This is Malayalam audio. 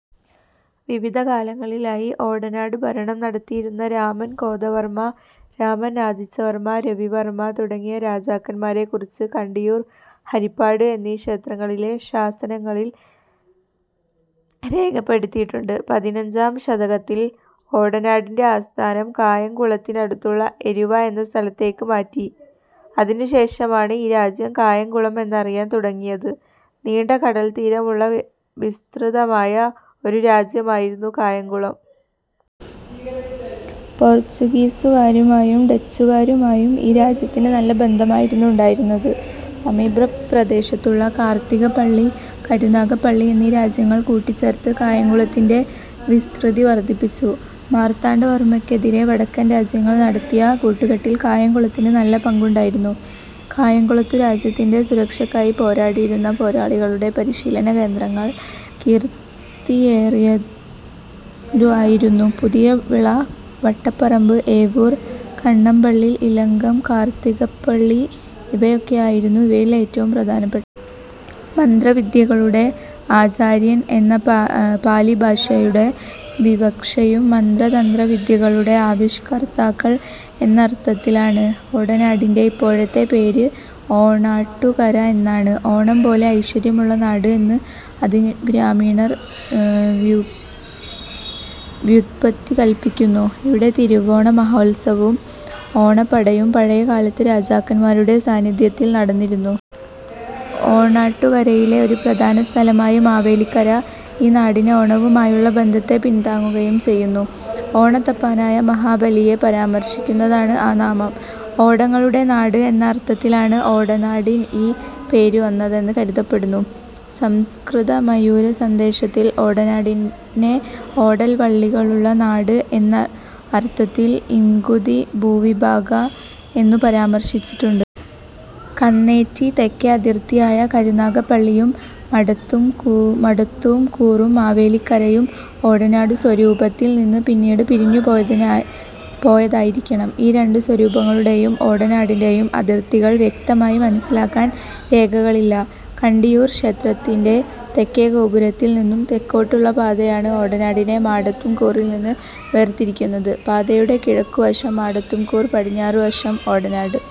വിവിധകാലങ്ങളിലായി ഓടനാട് ഭരണം നടത്തിയിരുന്ന രാമൻ കോതവർമ്മ, രാമൻ ആതിച്ചവർമ്മ, രവിവർമ്മ തുടങ്ങിയ രാജാക്കന്മാരെക്കുറിച്ച് കണ്ടിയൂർ, ഹരിപ്പാട് എന്നീ ക്ഷേത്രങ്ങളിലെ ശാസനങ്ങളിൽ രേഖപ്പെടുത്തിയിട്ടുണ്ട്. പതിഞ്ചാം ശതകത്തിൽ ഓടനാടിന്റെ ആസ്ഥാനം കായംകുളത്തിനടുത്തുള്ള എരുവ എന്ന സ്ഥലത്തേക്ക് മാറ്റി. അതിനുശേഷമാണ് ഈ രാജ്യം കായംകുളം എന്നറിയാൻ തുടങ്ങിയത്. നീണ്ടകടൽത്തീരമുള്ള വിസ്തൃതമായ ഒരു രാജ്യമായിരുന്നു കായംകുളം. പോർച്ചുഗീസുകാരുമായും ഡച്ചുകാരുമായും ഈ രാജ്യത്തിന് നല്ല ബന്ധമായിരുന്നു ഉണ്ടായിരുന്നത്. സമീപപ്രദേശത്തുള്ള കാത്തികപ്പള്ളി, കരുനാഗപ്പള്ളി എന്നീ രാജ്യങ്ങൾ കൂട്ടിച്ചേർത്ത് കായംകുളത്തിന്റെ വിസ്തൃതി വർദ്ധിപ്പിച്ചു. മാർത്താണ്ഡവർമ്മയ്ക്കെതിരെ വടക്കൻ രാജ്യങ്ങൾ നടത്തിയ കൂട്ടുകെട്ടിൽ കായംകുളത്തിന് നല്ല പങ്കുണ്ടായിരുന്നു. കായംകുളത്തു രാജ്യത്തിന്റെ സുരക്ഷക്കായി പോരാടിയിരുന്ന പോരാളികളുടെ പരിശീലനകേന്ദ്രങ്ങൾ കീർത്തിയേറിയതു ആയിരുന്നു പുതിയവിള വട്ടപ്പറമ്പ്, ഏവൂർ കണ്ണമ്പള്ളിൽ, ഇലങ്കം, കാർത്തികപ്പള്ളി ഇവയൊക്കെ ആയിരുന്നു ഇവയിൽ ഏറ്റവും പ്രധാനപ്പെട്ടത്. മന്ത്രവിദ്യകളുടെ ആചാര്യൻ എന്ന പാലി ഭാഷയുടെ വിവക്ഷയും മന്ത്ര തന്ത്ര വിദ്യകളുടെ ആവിഷ്കർത്താക്കൾ എന്നർത്ഥത്തിലാണ്. ഓടനാടിന്റെ ഇപ്പോഴത്തെ പേര് ഓണാട്ടുകര എന്നാണ്. ഓണം പോലെ ഐശ്വര്യമുള്ള നാട് എന്ന് അതിനു ഗ്രാമീണർ വ്യുത്പത്തി കല്പിക്കുന്നു. ഇവിടെ തിരുവോണ മഹോത്സവവും ഓണപ്പടയും പഴയകാലത്ത് രാജാക്കന്മാരുടെ സാന്നിധ്യത്തിൽ നടന്നിരുന്നു. ഓണാട്ടുകരയിലെ ഒരു പ്രധാന സ്ഥലമായ് മാവേലിക്കര, ഈ നാടിന് ഓണവുമായുള്ള ബന്ധത്തെ പിൻതാങ്ങുകയും ചെയ്യുന്നു. ഓണത്തപ്പനായ മഹാബലിയെ പരാമർശിക്കുന്നതാണ് ആ നാമം. ഓടങ്ങളുടെ നാട് എന്ന അർത്ഥത്തിലാണ് ഓടനാടിൻ ഈ പേരു വന്നതെന്ന് കരുതപ്പെടുന്നു. സംസ്കൃത മയൂരസന്ദേശത്തിൽ ഓടനാടിനെ ഓടൽ വള്ളികളുള്ള നാട് എന്നർഥത്തിൽ ഇംഗുദി ഭൂവിഭാഗാഃ എന്നു പരാമർശിച്ചിട്ടുണ്ട്. കന്നേറ്റി തെക്കേ അതിർത്തിയായ കരുനഗപ്പള്ളി യും മടത്തൂംകൂറും മാവേലിക്കര യും ഓടനാടു സ്വരൂപത്തിൽ നിന്ന് പിന്നീട് പിരിഞ്ഞുപോയതായിരിക്കണം. ഈ രണ്ടു സ്വരൂപങ്ങളുടെയും ഓടനാടിന്റെയും അതിർത്തികൾ വ്യക്തമായി മനസ്സിലാക്കാൻ രേഖകളില്ല. കണ്ടിയൂർ ക്ഷേത്രത്തിന്റെ തെക്കേഗോപുരത്തിൽ നിന്നും തെക്കോട്ടുള്ള പാതയാണ് ഓടനാടിനെ മാടത്തുംകൂറിൽനിന്നും വേർതിരിക്കുന്നത്; പാതയുടെ കിഴക്കുവശം മാടത്തുംകൂർ, പടിഞ്ഞാറുവശം ഓടനാട്.